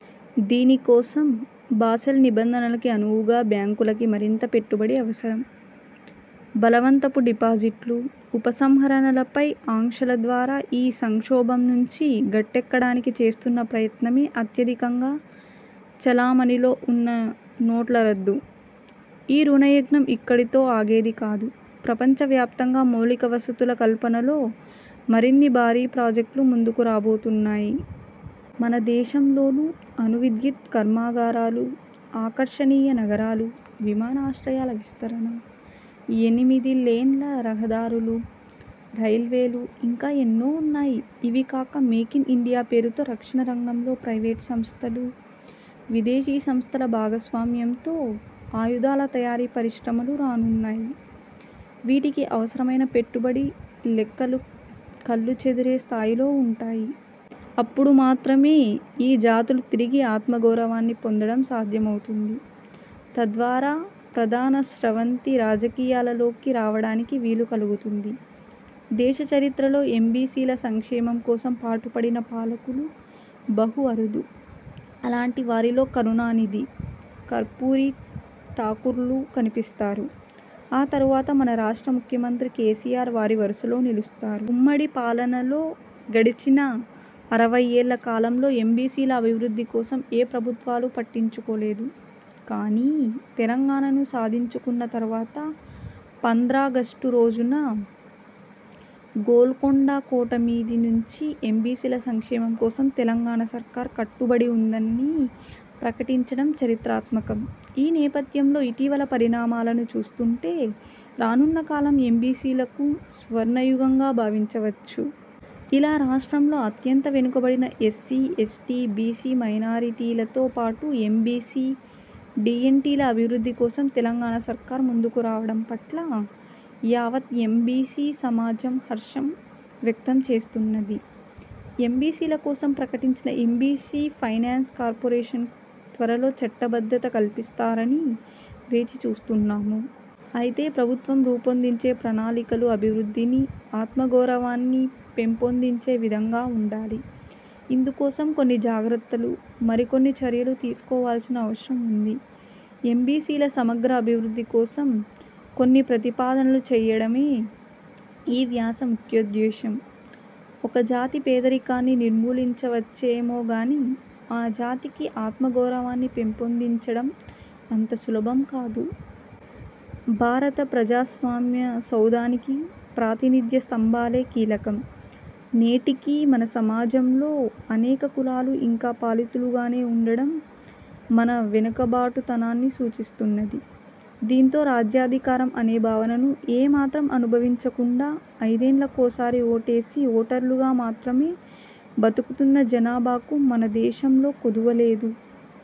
దీనికోసం, బాసెల్ నిబంధనలకి అనువుగా బ్యాంకులకి మరింత పెట్టుబడి అవసరం. బలవంతపు డిపాజిట్లు, ఉపసంహరణలపై ఆంక్షల ద్వారా ఈ సంక్షోభం నుంచి గట్టెక్కడానికి చేస్తున్న ప్రయత్నమే అత్యధికంగా చలామణిలో వున్న నోట్ల రద్దు. ఈ రుణయజ్ఞం ఇక్కడితో ఆగేది కాదు. ప్రపంచ వ్యాప్తంగా మౌలిక వసతుల కల్పనలో మరిన్ని భారీ ప్రాజెక్టులు ముందుకు రాబోతున్నాయి. మన దేశంలోనూ అణువిద్యుత్ కర్మాగారాలు, ఆకర్షణీయ నగరాలు, విమానాశ్రయాల విస్తరణ, ఎనిమిది లేన్ల రహదారులు, రైల్వేలు ఇంకా ఎన్నో వున్నాయి. ఇవికాక 'మేక్ ఇన్ ఇండియా' పేరుతో రక్షణ రంగంలో ప్రైవేటు సంస్థలు, విదేశీ సంస్థల భాగస్వామ్యంతో ఆయుధాల తయారీ పరిశ్రమలు రానున్నాయి. వీటికి అవసరమైన పెట్టుబడి లెక్కలు కళ్ళు చెదిరే స్థాయిలో వుంటాయి. అప్పుడు మాత్రమే ఈ జాతులు తిరిగి ఆత్మగౌరవాన్ని పొందడం సాధ్యమవుతుంది. తద్వారా ప్రధాన స్రవంతి రాజకీయాలలోకి రావడానికి వీలు కలుగుతుంది. దేశ చరిత్రలో ఎంబీసీల సంక్షేమం కోసం పాటుపడిన పాలకులు బహు అరుదు. అలాంటి వారిలో కరుణానిధి, కర్పూరీ ఠాకూర్లు కనిపిస్తారు. ఆ తరువాత మన రాష్ట్ర ముఖ్యమంత్రి కేసీఆర్ వారి వరుసలో నిలుస్తారు. ఉమ్మడి పాలనలో, గడిచిన అరవయ్యేళ్ల కాలంలో ఎంబీసీల అభివృద్ధి కోసం ఏ ప్రభుత్వాలు పట్టించుకోలేదు. కానీ, తెలంగాణను సాధించుకున్న తర్వాత పంద్రాగష్టు రోజున గోల్కొండ కోట మీది నుంచి ఎంబీసీల సంక్షేమం కోసం తెలంగాణ సర్కార్ కట్టుబడి ఉందని ప్రకటించడం చరిత్రాత్మకం. ఈ నేపథ్యంలో ఇటీవల పరిణామాలను చూస్తుంటే రానున్న కాలం ఎంబీసీలకు స్వర్ణయుగంగా భావించవచ్చు. ఇలా రాష్ట్రంలో అత్యంత వెనుకబడిన ఎస్సీ, ఎస్టీ, బీసీ, మైనారిటీలతో పాటు ఎంబీసీ, డీఎన్టీల అభివృద్ధి కోసం తెలంగాణ సర్కార్ ముందుకు రావడం పట్ల యావత్ ఎంబీసీ సమాజం హర్షం వ్యక్తం చేస్తున్నది. ఎంబీసీల కోసం ప్రకటించిన ఎంబీసీ ఫైనాన్స్ కార్పొరేషన్కు త్వరలో చట్టబద్ధత కల్పిస్తారని వేచి చూస్తున్నాము. అయితే ప్రభుత్వం రూపొందించే ప్రణాళికలు అభివృద్ధిని, ఆత్మగౌరవాన్ని పెంపొందించే విధంగా ఉండాలి. ఇందుకోసం కొన్ని జాగ్రత్తలు, మరికొన్ని చర్యలు తీసుకోవాల్సిన అవసరం ఉంది. ఎంబీసీల సమగ్ర అభివృద్ధి కోసం కొన్ని ప్రతిపాదనలు చేయడమే ఈ వ్యాస ముఖ్యోద్దేశం. ఒక జాతి పేదరికాన్ని నిర్మూలించవచ్చేమోగానీ, ఆ జాతికి ఆత్మగౌరవాన్ని పెంపొందించడం అంత సులభం కాదు. భారత ప్రజాస్వామ్య సౌధానికి ప్రాతినిధ్య స్తంభాలే కీలకం. నేటికీ మన సమాజంలో అనేక కులాలు ఇంకా పాలితులుగానే ఉండడం మన వెనుకబాటుతనాన్ని సూచిస్తున్నది. దీంతో రాజ్యాధికారం అనే భావనను ఏ మాత్రం అనుభవించకుండా ఐదేండ్లకోసారి ఓటేసే ఓటర్లుగా మాత్రమే బతుకుతున్న జనాభాకు మన దేశంలో కొదువలేదు.